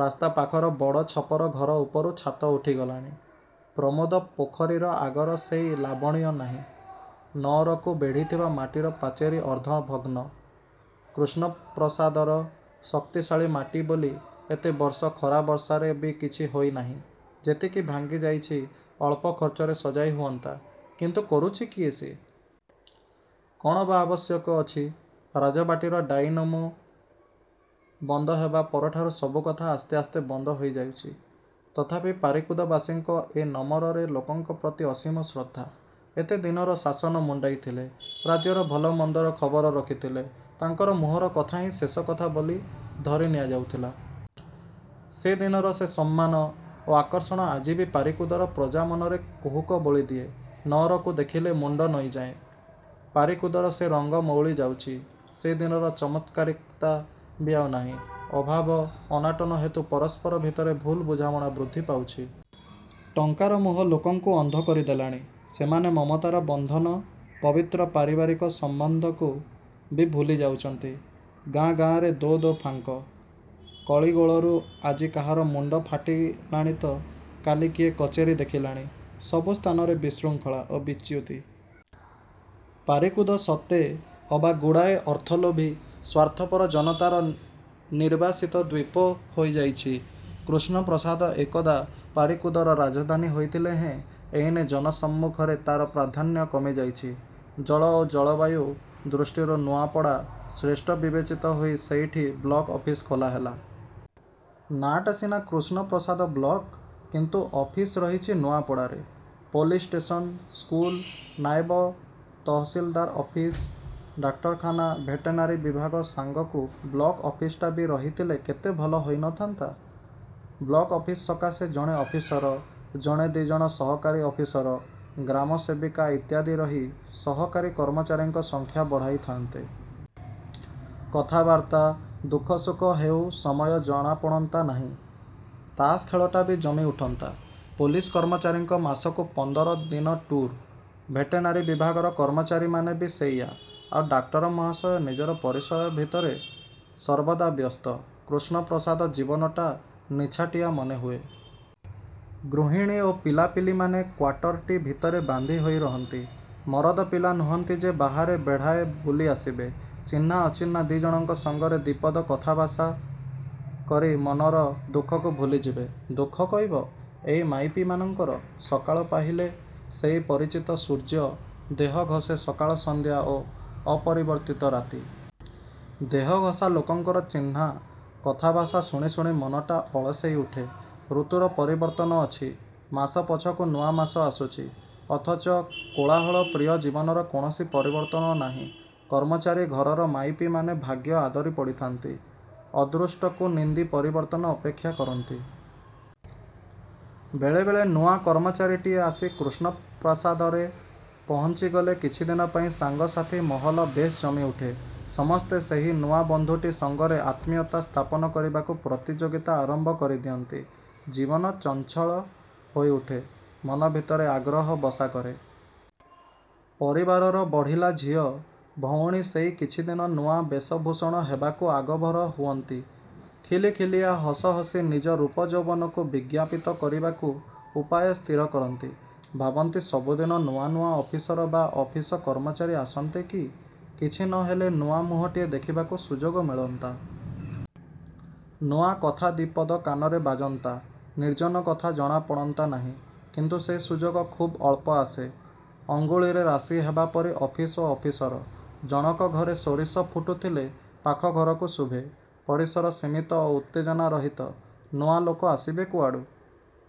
ରାସ୍ତା ପାଖର ବଡ଼ ଛପର ଘର ଉପରୁ ଛାତ ଉଠିଗଲାଣି। ପ୍ରମୋଦ-ପୋଖରୀର ଆଗର ସେହି ଲାବଣ୍ୟ ନାହିଁ। ନଅରକୁ ବେଢ଼ିଥିବା ମାଟିର ପାଚେରୀ ଅର୍ଦ୍ଧଭଗ୍ନ। କୃଷ୍ଣପ୍ରସାଦର ଶକ୍ତିଶାଳୀ ମାଟି ବୋଲି ଏତେ ବର୍ଷ ଖରା ବର୍ଷାରେ ବି କିଛି ହୋଇ ନାହିଁ। ଯେତିକି ଭାଙ୍ଗିଯାଇଛି, ଅଳ୍ପ ଖର୍ଚ୍ଚରେ ସଜାଇ ହୁଅନ୍ତା; କିନ୍ତୁ କରୁଛି କିଏ ସେ? କଣ ବା ଆବଶ୍ୟକ ଅଛି? ରାଜବାଟୀର ଡାଇନେମୋ ବନ୍ଦହେବା ପରଠାରୁ ସବୁକଥା ଆସ୍ତେ ଆସ୍ତେ ବନ୍ଦ ହୋଇ ଯାଉଛି। ତଥାପି ପାରିକୁଦବାସୀଙ୍କ ଏ ନମରରେ ଲୋକଙ୍କ ପ୍ରତି ଅସୀମ ଶ୍ରଦ୍ଧା। ଏତେ ଦିନର ଶାସନ ମୁଣ୍ଡାଇଥିଲେ, ରାଜ୍ୟର ଭଲ ମନ୍ଦର ଖବର ରଖିଥିଲେ ତାଙ୍କରି ମୁହଁର କଥାହିଁ ଶେଷ କଥା ବୋଲି ଧରି ନିଆଯାଉଥିଲା। ସେ ଦିନର ସେ ସମ୍ମାନ ଓ ଆକର୍ଷଣ ଆଜି ବି ପାରିକୁଦର ପ୍ରଜା ମନରେ କୁହୁକ ବୋଳିଦିଏ। ନଅରକୁ ଦେଖିଲେ ମୁଣ୍ଡ ନଇଁଯାଏ। ପାରିକୁଦର ସେ ରଙ୍ଗ ମଉଳିଯାଉଛି। ସେ ଦିନର ଚମତ୍କାରିତା ବି ଆଉ ନାହିଁ। ଅଭାବ, ଅନାଟନ ହେତୁ ପରସ୍ପର ଭିତରେ ଭୁଲ ବୁଝାମଣା ବୃଦ୍ଧିପାଉଛି। ଟଙ୍କାର ମୋହ ଲୋକଙ୍କୁ ଅନ୍ଧ କରି ଦେଲାଣି। ସେମାନେ ମମତାର ବନ୍ଧନ, ପବିତ୍ର ପାରିବାରିକ ସମ୍ୱନ୍ଧକୁ ବି ଭୁଲି ଯାଉଛନ୍ତି-। ଗାଁ, ଗାଁରେ ଦୋ ଦୋ ଫାଙ୍କ। କଳିଗୋଳରୁ ଆଜି କାହାର ମୁଣ୍ଡ ଫାଟିଲାଣିତ କାଲି କିଏ କଚେରୀ ଦେଖିଲାଣି। ସବୁ ସ୍ଥାନରେ ବିଶୃଙ୍ଖଳା ଓ ବିଚ୍ୟୁତି। ପାରିକୁଦ ସତେ ଅବା ଗୁଡ଼ାଏ ଅର୍ଥଲୋଭୀ, ସ୍ୱାର୍ଥପର ଜନତାର ନିର୍ବାସିତ ଦ୍ୱୀପ ହୋଇଯାଇଛି। କୃଷ୍ଣପ୍ରସାଦ ଏକଦା ପାରିକୁଦର ରାଜଧାନୀ ହୋଇଥିଲେ ହେଁ ଏଇନେ ଜନ ସମ୍ମୁଖରେ ତା'ର ପ୍ରାଧାନ୍ୟ କମିଯାଇଛି। ଜଳ ଓ ଜଳବାୟୁ ଦୃଷ୍ଟିରୁ ନୂଆପଡ଼ା ଶ୍ରେଷ୍ଠ ବିବେଚିତ ହୋଇ ସେଇଠି ବ୍ଲକ ଅଫିସ ଖୋଲା ହେଲା। ନାଁଟା ସିନା 'କୃଷ୍ଣପ୍ରସାଦ ବ୍ଲକ'; କିନ୍ତୁ ଅଫିସ ରହିଛି ନୂଆପଡ଼ାରେ। Police station, school, naib tahsildar office, ଡାକ୍ତରଖାନା, ଭେଟେନାରୀ ବିଭାଗ ସାଙ୍ଗକୁ ବ୍ଲକ ଅଫିସଟା ବି ରହିଥିଲେ କେତେ ଭଲ ହୋଇ ନ ଥାନ୍ତା। ବ୍ଲକ୍ଅଫିସ ସକାଶେ ଜଣେ ଅଫିସର, ଜଣେ ଦି' ଜଣ ସହକାରୀ ଅଫିସର, ଗ୍ରାମସେବିକା ଇତ୍ୟାଦି ରହି ସରକାରୀ କର୍ମଚାରୀଙ୍କ ସଂଖ୍ୟା ବଢ଼ାଇ ଥାଆନ୍ତେ। କଥାବାର୍ତ୍ତା, ଦୁଃଖ ସୁଖ ହେଉ ସମୟ ଜଣାପଡ଼ନ୍ତା ନାହିଁ। ତାସ ଖେଳଟା ବି ଜମି ଉଠନ୍ତା। ପୋଲିସ କର୍ମଚାରୀଙ୍କ ମାସକୁ ପନ୍ଦର ଦିନ ଟୁର୍। ଭେଟେନାରୀ ବିଭାଗର କର୍ମଚାରୀମାନେ ବି ସେଇୟା। ଆଉ ଡାକ୍ତର ମହାଶୟ ନିଜର ପରିସର ଭିତରେ ସର୍ବଦା ବ୍ୟସ୍ତ। କୃଷ୍ଣପ୍ରସାଦ ଜୀବନଟା ନିଛାଟିଆ ମନେହୁଏ। ଗୃହିଣୀ ଓ ପିଲାପିଲିମାନେ କ୍ୱାଟରଟି ଭିତରେ ବାନ୍ଧି ହୋଇ ରହନ୍ତି। ମରଦ ପିଲା ନୁହନ୍ତି ଯେ ବାହାରେ ବେଢ଼ାଏ ବୁଲି ଆସିବେ। ଚିହ୍ନା ଅଚିହ୍ନା ଦି'ଜଣଙ୍କ ସଙ୍ଗରେ ଦି'ପଦ କଥାଭାଷା କରି ମନର ଦୁଃଖକୁ ଭୁଲିଯିବେ। ଦୁଃଖ କହିବ, ଏଇ ମାଇପୀମାନଙ୍କର। ସକାଳ ପାହିଲେ। ସେଇ ପରିଚିତ ସୂର୍ଯ୍ୟ, ଦେହଘଷେ ସକାଳ ସନ୍ଧ୍ୟା ଓ ଅପରିବର୍ତ୍ତିତ ରାତି। ଦେହଘଷା ଲୋକଙ୍କର ଚିହ୍ନା କଥାଭାଷା ଶୁଣି ଶୁଣି ମନଟା ଅଳସେଇ ଉଠେ-। ଋତୁର ପରିବର୍ତ୍ତନ ଅଛି, ମାସ ପଛକୁ ନୂଆ ମାସ ଆସୁଛି। ଅଥଚ କୋଳାହଳ ପ୍ରିୟ ଜୀବନର କୌଣସି ପରିବର୍ତ୍ତନ ନାହିଁ। କର୍ମଚାରୀ ଘରର ମାଇପୀମାନେ ଭାଗ୍ୟ ଆଦରି ପଡ଼ିଥାନ୍ତି-। ଅଦୃଷ୍ଟକୁ ନିନ୍ଦି ପରିବର୍ତ୍ତନ ଅପେକ୍ଷା କରନ୍ତି। ବେଳେ ବେଳେ ନୂଆ କର୍ମଚାରୀଟିଏ ଆସି କୃଷ୍ଣପ୍ରସାଦରେ ପହୁଞ୍ଚିଗଲେ କିଛିଦିନପାଇଁ ସାଙ୍ଗସାଥି ମହଲ ବେଶ୍ ଜମି ଉଠେ। ସମସ୍ତେ ସେହି ନୂଆ ବନ୍ଧୁଟି ସଙ୍ଗରେ ଆତ୍ମୀୟତା ସ୍ଥାପନ କରିବାକୁ ପ୍ରତିଯୋଗିତା ଆରମ୍ଭ କରି ଦିଅନ୍ତି। ଜୀବନ, ଚଞ୍ଚଳ ହୋଇଉଠେ। ମନ ଭିତରେ ଆଗ୍ରହ ବସା କରେ। ପରିବାରର ବଢ଼ିଲା ଝିଅ, ଭଉଣୀ ସେଇ କିଛିଦିନ ନୂଆ ବେଶଭୂଷଣ ହେବାକୁ ଆଗଭର ହୁଅନ୍ତି। ଖିଲିଖିଲିଆ ହସ ହସି ନିଜ ରୂପ ଯୌବନକୁ ବିଜ୍ଞାପିତ କରିବାକୁ ଉପାୟ ସ୍ଥିର କରନ୍ତି। ଭାବନ୍ତି, ସବୁଦିନ ନୂଆ ନୂଆ ଅଫିସର ବା ଅଫିସ କର୍ମଚାରୀ ଆସନ୍ତେ କି! କିଛି ନ ହେଲେ, ନୂଆ ମୁହଁଟିଏ ଦେଖିବାକୁ ସୁଯୋଗ ମିଳନ୍ତା। ନୂଆ କଥା ଦି'ପଦ କାନରେ ବାଜନ୍ତା। ନିର୍ଜନ କଥା ଜଣା ପଡ଼ନ୍ତାନାହିଁ। କିନ୍ତୁ ସେ ସୁଯୋଗ ଖୁବ୍ ଅଳ୍ପ ଆସେ। ଅଙ୍ଗୁଳୀରେ ରାଶି ହେବା ପରି ଅଫିସ ଓ ଅଫିସର। ଜଣକ ଘରେ ସୋରିଷ ଫୁଟୁଥିଲେ ପାଖଘରକୁ ଶୁଭେ। ପରିସର ସୀମିତ ଓ ଉତ୍ତେଜନା-ରହିତ। ନୂଆ ଲୋକ ଆସିବେ କୁଆଡ଼ୁ?